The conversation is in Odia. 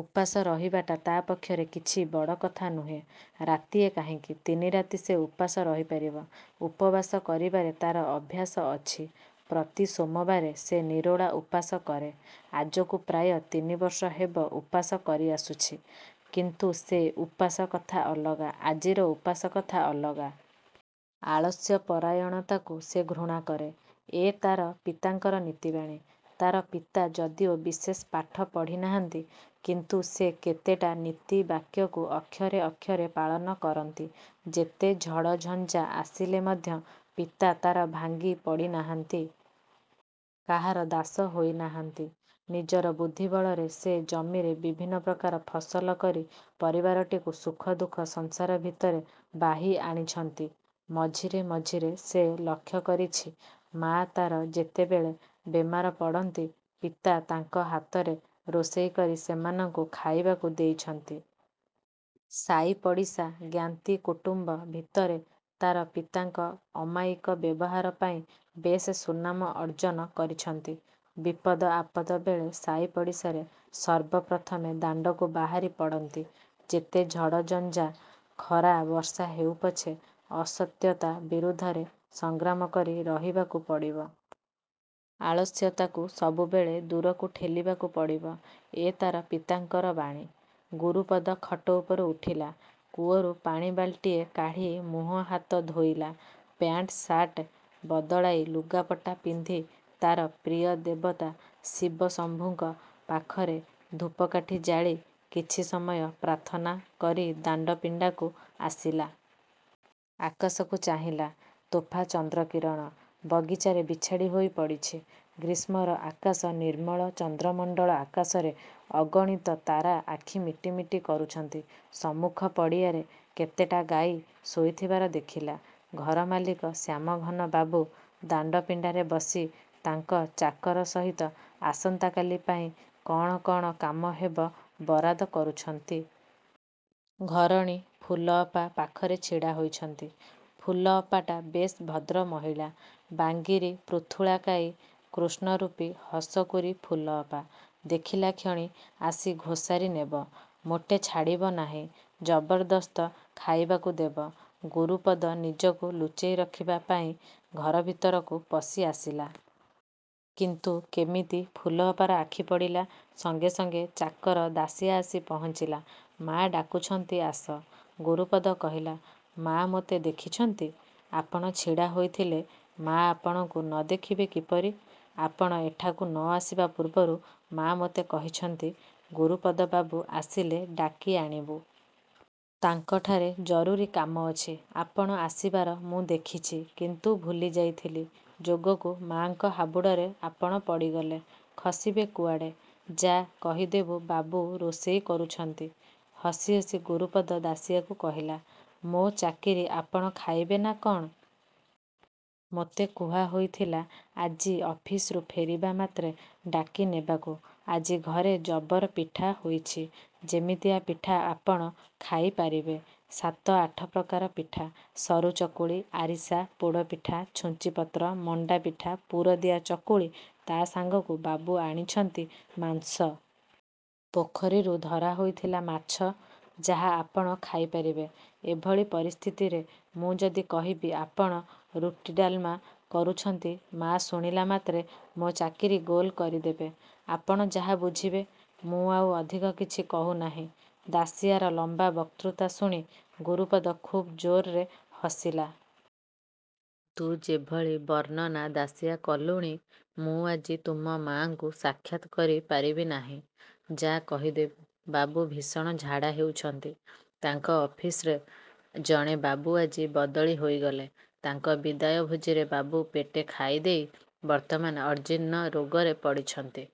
ଉପାସ ରହିବାଟା ତା'ପକ୍ଷରେ କିଛି ବଡ଼ କଥା ନୁହେଁ। ରାତିଏ କାହିଁକି ତିନି ରାତି ସେ ଉପାସ ରହିପାରିବ। ଉପବାସ କରିବାରେ ତା'ର ଅଭ୍ୟାସ ଅଛି। ପ୍ରତି ସୋମବାରେ ସେ ନିରୋଳା ଉପାସ କରେ। ଆଜକୁ ପ୍ରାୟ ତିନିବର୍ଷ ହେବ ଉପାସ କରିଆସୁଛି। କିନ୍ତୁ ସେ ଉପାସ କଥା ଅଲଗା, ଆଜିର ଉପାସ କଥା ଅଲଗା। ଆଳସ୍ୟପରାୟଣତାକୁ ସେ ଘୃଣା କରେ। ଏ ତା'ର ପିତାଙ୍କର ନୀତି ବାଣୀ। ତା'ର ପିତା ଯଦିଓ ବିଶେଷ ପାଠ ପଢ଼ି ନାହାନ୍ତି, କିନ୍ତୁ ସେ କେତେଟା ନୀତି ବାକ୍ୟକୁ ଅକ୍ଷରେ ଅକ୍ଷରେ ପାଳନ କରନ୍ତି। ଯେତେ ଝଡ଼ ଝଞ୍ଜା ଆସିଲେ ମଧ୍ୟ ପିତା ତା'ର ଭାଙ୍ଗି ପଡ଼ି ନାହାନ୍ତି। କାହାର ଦାସ ହୋଇ ନାହାନ୍ତି। ନିଜର ବୁଦ୍ଧିବଳରେ ସେ ଜମିରେ ବିଭିନ୍ନ ପ୍ରକାର ଫସଲ କରି ପରିବାରଟିକୁ ସୁଖ ଦୁଃଖ ସଂସାର ଭିତରେ ବାହି ଆଣିଛନ୍ତି। ମଝିରେ ମଝିରେ ସେ ଲକ୍ଷ୍ୟ କରିଛି ମା' ତା'ର ଯେତେବେଳେ ବେମାର ପଡ଼ନ୍ତି ପିତା ତା'ଙ୍କ ହାତରେ ରୋଷେଇ କରି ସେମାନଙ୍କୁ ଖାଇବାକୁ ଦେଇଛନ୍ତି। ସାଇ ପଡ଼ିଶା ଜ୍ଞାତି କୁଟୁମ୍ୱ ଭିତରେ ତା'ର ପିତାଙ୍କ ଅମାୟିକ ବ୍ୟବହାର ପାଇଁ ବେଶ୍ ସୁନାମ ଅର୍ଜ୍ଜନ କରିଛନ୍ତି। ବିପଦ ଆପଦ ବେଳେ ସାଇପଡ଼ିଶାରେ ସର୍ବ ପ୍ରଥମେ ଦାଣ୍ଡକୁ ବାହାରି ପଡ଼ନ୍ତି। ଯେତେ ଝଡ଼ଜଞ୍ଜା ଖରା ବର୍ଷା ହେଉ ପଛେ, ଅସତ୍ୟତା ବିରୁଦ୍ଧରେ ସଂଗ୍ରାମ କରି ରହିବାକୁ ପଡ଼ିବ। ଆଳସ୍ୟତାକୁ ସବୁବେଳେ ଦୂରକୁ ଠେଲିବାକୁ ପଡ଼ିବ ଏ ତା'ର ପିତାଙ୍କର ବାଣୀ। ଗୁରୁପଦ ଖଟ ଉପରୁ ଉଠିଲା। କୂଅରୁ ପାଣି ବାଲ୍ଟିଏ କାଢ଼ି ମୁହଁ ହାତ ଧୋଇଲା। ପ୍ୟାଣ୍ଟ ସାଟ୍ ବଦଳାଇ ଲୁଗାପଟା ପିନ୍ଧି ତା'ର ପ୍ରିୟ ଦେବତା ଶିବ ଶମ୍ଭୁଙ୍କ ପାଖରେ ଧୂପକାଠି ଜାଳି କିଛି ସମୟ ପ୍ରାର୍ଥନା କରି ଦାଣ୍ଡ ପିଣ୍ଡାକୁ ଆସିଲା। ଆକାଶକୁ ଚାହିଁଲା। ତୋଫା ଚନ୍ଦ୍ରକିରଣ। ବଗିଚାରେ ବିଛାଡ଼ି ହୋଇ ପଡ଼ିଛି। ଗ୍ରୀଷ୍ମର ଆକାଶ ନିର୍ମଳ ଚନ୍ଦ୍ରମଣ୍ଡଳ ଆକାଶରେ ଅଗଣିତ ତାରା ଆଖି ମିଟି ମିଟି କରୁଛନ୍ତି। ସମ୍ମୁଖ ପଡ଼ିଆରେ କେତେଟା ଗାଈ ଶୋଇଥିବାର ଦେଖିଲା। ଘର ମାଲିକ ଶ୍ୟାମଘନବାବୁ ଦାଣ୍ଡପିଣ୍ଡାରେ ବସି ତାଙ୍କ ଚାକର ସହିତ ଆସନ୍ତାକାଲି ପାଇଁ କ'ଣ କ'ଣ କାମହେବ ବରାଦ କରୁଛନ୍ତି। ଘରଣୀ ଫୁଲଅପା ପାଖରେ ଛିଡ଼ା ହୋଇଛନ୍ତି। ଫୁଲଅପାଟା ବେଶ୍ ଭଦ୍ର ମହିଳା। ବାଙ୍ଗିରି ପୃଥୁଳାକାୟୀ, କୃଷ୍ଣରୂପୀ, ହସକୁରୀ ଫୁଲଅପା। ଦେଖିଲାକ୍ଷଣି ଆସି ଘୋଷାରି ନେବ। ମୋଟେ ଛାଡ଼ିବ ନାହିଁ। ଜବରଦସ୍ତ ଖାଇବାକୁ ଦେବ। ଗୁରୁପଦ ନିଜକୁ ଲୁଚେଇ ରଖିବା ପାଇଁ ଘର ଭିତରକୁ ପଶି ଆସିଲା। କିନ୍ତୁ କେମିତି ଫୁଲଅପାର ଆଖି ପଡ଼ିଲା, ସଙ୍ଗେ ସଙ୍ଗେ ଚାକର ଦାଶିଆ ଆସି ପହଞ୍ଚିଲା। ମା' ଡାକୁଛନ୍ତି ଆସ। ଗୁରୁପଦ କହିଲା। ମା' ମୋତେ ଦେଖିଛନ୍ତି? ଆପଣ ଛିଡ଼ା ହୋଇଥିଲେ; ମା' ଆପଣଙ୍କୁ ନ ଦେଖିବେ କିପରି? ଆପଣ ଏଠାକୁ ନ ଆସିବା ପୂର୍ବରୁ ମା' ମୋତେ କହିଛନ୍ତି, ଗୁରୁପଦ ବାବୁ ଆସିଲେ ଡାକି ଆଣିବୁ। ତାଙ୍କଠାରେ ଜରୁରୀ କାମ ଅଛି। ଆପଣ ଆସିବାର ମୁଁ ଦେଖିଛି। କିନ୍ତୁ ଭୁଲିଯାଇଥିଲି। ଯୋଗକୁ ମା'ଙ୍କ ହାବୁଡ଼ରେ ଆପଣ ପଡ଼ିଗଲେ। ଖସିବେ କୁଆଡ଼େ? ଯା' କହିଦେବୁ ବାବୁ ରୋଷେଇ କରୁଛନ୍ତି। ହସି ହସି ଗୁରୁପଦ ଦାଶିଆକୁ କହିଲା। ମୋ ଚାକିରି ଆପଣ ଖାଇବେ ନା କ'ଣ? ମୋତେ କୁହା ହୋଇଥିଲା, ଆଜି ଅଫିସ୍ରୁ ଫେରିବା ମାତ୍ରେ ଡାକି ନେବାକୁ। ଆଜି ଘରେ ଜବର ପିଠା ହୋଇଛି। ଯେମିତିଆ ପିଠା ଆପଣ ଖାଇପାରିବେ। ସାତ ଆଠ ପ୍ରକାର ପିଠା, ସରୁ ଚକୁଳି, ଆରିଶା, ପୋଡ଼ପିଠା, ଛୁଞ୍ଚିପତ୍ର, ମଣ୍ଡାପିଠା, ପୁରଦିଆ ଚକୁଳି ତା' ସାଙ୍ଗକୁ ବାବୁ ଆଣିଛନ୍ତି ମାଂସ। ପୋଖରୀରୁ ଧରା ହୋଇଥିଲା ମାଛ। ଯାହା ଆପଣ ଖାଇ ପାରିବେ। ଏଭଳି ପରିସ୍ଥିତିରେ ମୁଁ ଯଦି କହିବି ଆପଣ ରୁଟି ଡାଲ୍ମା କରୁଛନ୍ତି, ମା' ଶୁଣିଲା ମାତ୍ରେ ମୋ ଚାକିରି ଗୋଲ କରିଦେବେ। ଆପଣ ଯାହା ବୁଝିବେ। ମୁଁ ଆଉ ଅଧିକ କିଛି କହୁନାହିଁ। ଦାଶିଆର ଲମ୍ୱା ବକ୍ତୃତା ଶୁଣି, ଗୁରୁପଦ ଖୁବ୍ ଜୋରରେ ହସିଲା। ତୁ ଯେଭଳି ବର୍ଣ୍ଣନା ଦାଶିଆ କଲୁଣି, ମୁଁ ଆଜି ତୁମ ମା'ଙ୍କୁ ସାକ୍ଷାତ କରି ପାରିବି ନାହିଁ। ଯା' କହିଦେବୁ ବାବୁ ଭୀଷଣ ଝାଡ଼ା ହେଉଛନ୍ତି। ତାଙ୍କ ଅଫିସ୍ରେ ଜଣେ ବାବୁ ଆଜି ବଦଳି ହୋଇଗଲେ। ତାଙ୍କ ବିଦାୟ ଭୋଜିରେ ବାବୁ ପେଟେ ଖାଇଦେଇ ବର୍ତ୍ତମାନ ଅଜୀର୍ଣ୍ଣ ରୋଗରେ ପଡ଼ିଛନ୍ତି।